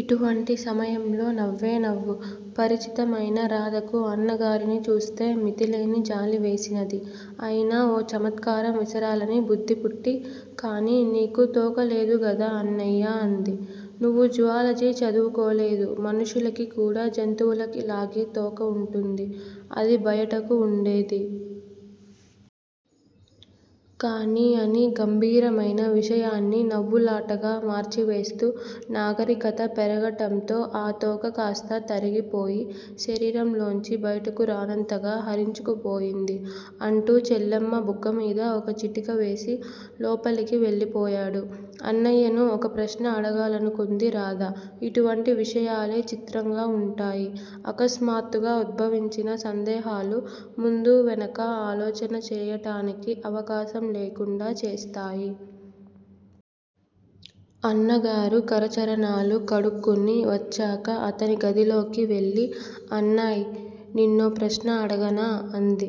ఇటువంటి సమయంలో నవ్వే నవ్వు పరిచితమైన రాధకు అన్నగారిని చూస్తే మితిలేని జాలి వేసినది. అయినా ఓ చమత్కారం విసరాలని బుద్ధిపుట్టి కాని నీకు తోకలేదుగదా అన్నయ్యా అంది. నువ్వు జుఆలజీ చదువుకోలేదు మనుష్యులకి కూడా జంతువులకి లాగే తోక వుంటుంది. అది బయటకు వుండేది. కాని అని గంభీరమైన విషయాన్ని నవ్వులాటగా మర్చివేస్తూ నాగరికత పెరగటంతో ఆ తోక కాస్తా తరిగిపోయి శరీరంలోంచి బయటకు రానంతగా హరించుకుపోయింది. అంటూ చెల్లెమ్మ బుగ్గమీద ఒక చిటికవేసి లోపలకు వెళ్ళిపోయాడు. అన్నయ్యను ఒక ప్రశ్న అడగాలనుకుంది రాధ. ఇటువంటి విషయాలే చిత్రంగా వుంటాయి. ఆకస్మాత్తుగా ఉద్భవించిన సందేహాలు ముందూ వెనకా ఆలోచన చేయటానికి అవకాశం లేకుండా చేస్తాయి. అన్నగారు కరచరణాలు కడుక్కుని వచ్చాక అతని గదిలోకి వెళ్ళి అన్నాయ్, నిన్నో ప్రశ్న అడగనా? అంది.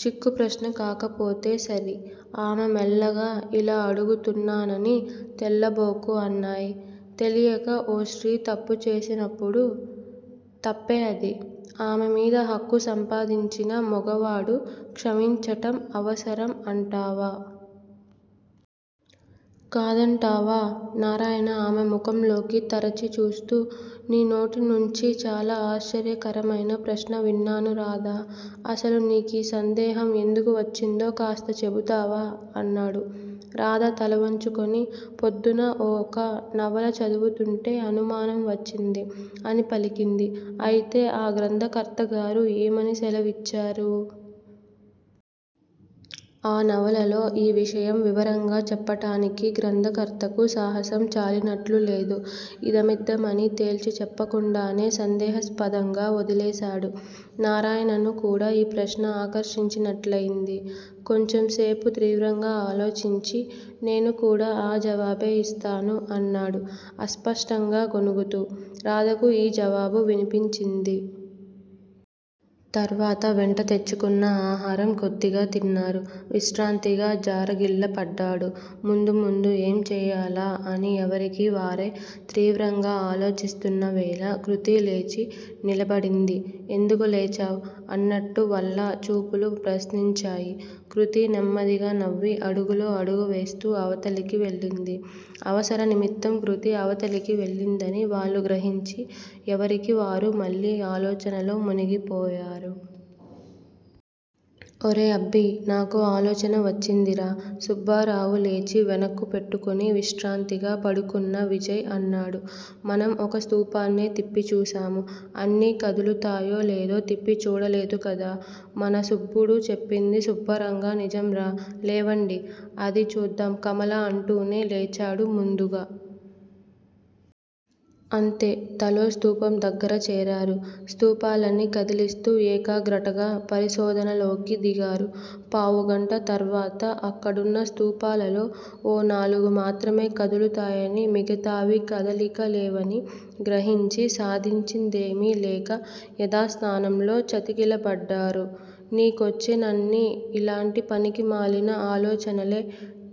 చిక్కు ప్రశ్న కాకపోతే సరి! ఆమె మెల్లగా యిలా అడుగుతున్నానని తెల్లబోకు అన్నాయ్. తెలియక ఓ స్త్రీ తప్పుచేసినప్పుడు-- తప్పే అది. ఆమెమీద హక్కు సంపాదించిన మొగవాడు క్షమించటం అవసరం అంటావా? కాదంటావా? నారాయణ ఆమె ముఖంలోకి తరిచి చూస్తూ నీ నోటి నుంచి చాలా ఆశ్చర్యకరమైన ప్రశ్న విన్నాను రాధా! అసలు నీకి సందేహం ఎందుకు వచ్చిందో కాస్త చెబుతావా? అన్నాడు. రాధ తలవొంచుకుని పొద్దున్న ఒక నవల చదువుతూంటే అనుమానం వచ్చింది అని పలికింది. అయితే, ఆ గ్రంథకర్తగారు యేమని సెలవిచ్చారు? ఆ నవలలో ఈ విషయం వివరంగా చెప్పటానికి గ్రంథకర్తకు సాహసం చాలినట్లు లేదు. ఇదమిద్ధమని తేల్చి చెప్పకుండానే సందేహస్పదంగా వొదిలేసేడు. నారాయణను కూడా ఈ ప్రశ్న ఆకర్షించినట్లుంది; కొంచెంసేపు తీవ్రంగా ఆలోచించి నేను కూడా ఆ జవాబే యిస్తాను అన్నాడు అస్పష్టంగా గొణుగుతూ. రాధకు ఈ జవాబు వినిపించింది. తర్వాత వెంట తెచ్చుకున్న ఆహారం కొద్దిగా తిన్నారు. విశ్రాంతిగా జారగిల్ల పడ్డాడు. ముందు ముందు ఏం చేయాలా అని ఎవరికీ వారే తీవ్రంగా ఆలోచిస్తున్న వేళ కృతి లేచి నిలబడింది. ఎందుకు లేచావ్? అన్నట్టు వల్ల చూపులు ప్రశ్నించాయి. కృతి నెమ్మదిగా నవ్వి అడుగులో అడుగు వేస్తూ అవతలకి వెళ్ళింది అవసర నిమిత్తం కృతి అవతలికి వెళ్ళిందని వాళ్ళు గ్రహించి ఎవరికి వారు మళ్ళీ ఆలోచనలో మునిగిపోయారు. ఒరే అబ్బీ! నాకో ఆలోచన వచ్చిందిరా! సుబ్బారావు లేచి వెనక్కు పెట్టుకుని విశ్రాంతిగా పడుకున్న విజయ్ అన్నాడు. మనం ఒక స్థూపాన్నే తిప్పి చూశాము. అన్నీ కదులుతాయో లేదో తిప్పి చూడలేదుకదా? మన సుబ్బడు చెప్పింది సుబ్బరంగా నిజంరా. లేవండి. అదీ చూద్దాం కమల అంటూనే లేచాడు ముందుగా. అంతే, తలో స్థూపం దగ్గర చేరారు. స్థూపాలని కదిలిస్తూ ఏకాగ్రటగా పరిశోధనలోకి దిగారు. పావుగంట తర్వాత అక్కడున్న స్థూపాలలో ఓ నాలుగు మాత్రమె కదులుతాయని మిగతావి కదలిక లేనివని గ్రహించి సాధించి దేమి లేక యదాస్థానంలో చతికిలబడ్డారు. నీ కొచ్చేనన్నీ ఇలాంటి పనికిమాలిన ఆలోచనలే.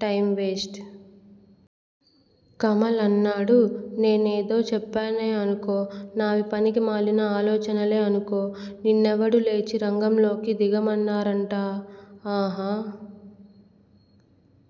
Time waste. కమల్ అన్నాడు. నేనేదోచెప్పానే అనుకో నావి పనికిమాలిన ఆలోచనలేఅనుకో. నిన్నేవడు లేచి రంగంలోకి దిగమన్నారంట? ఆహా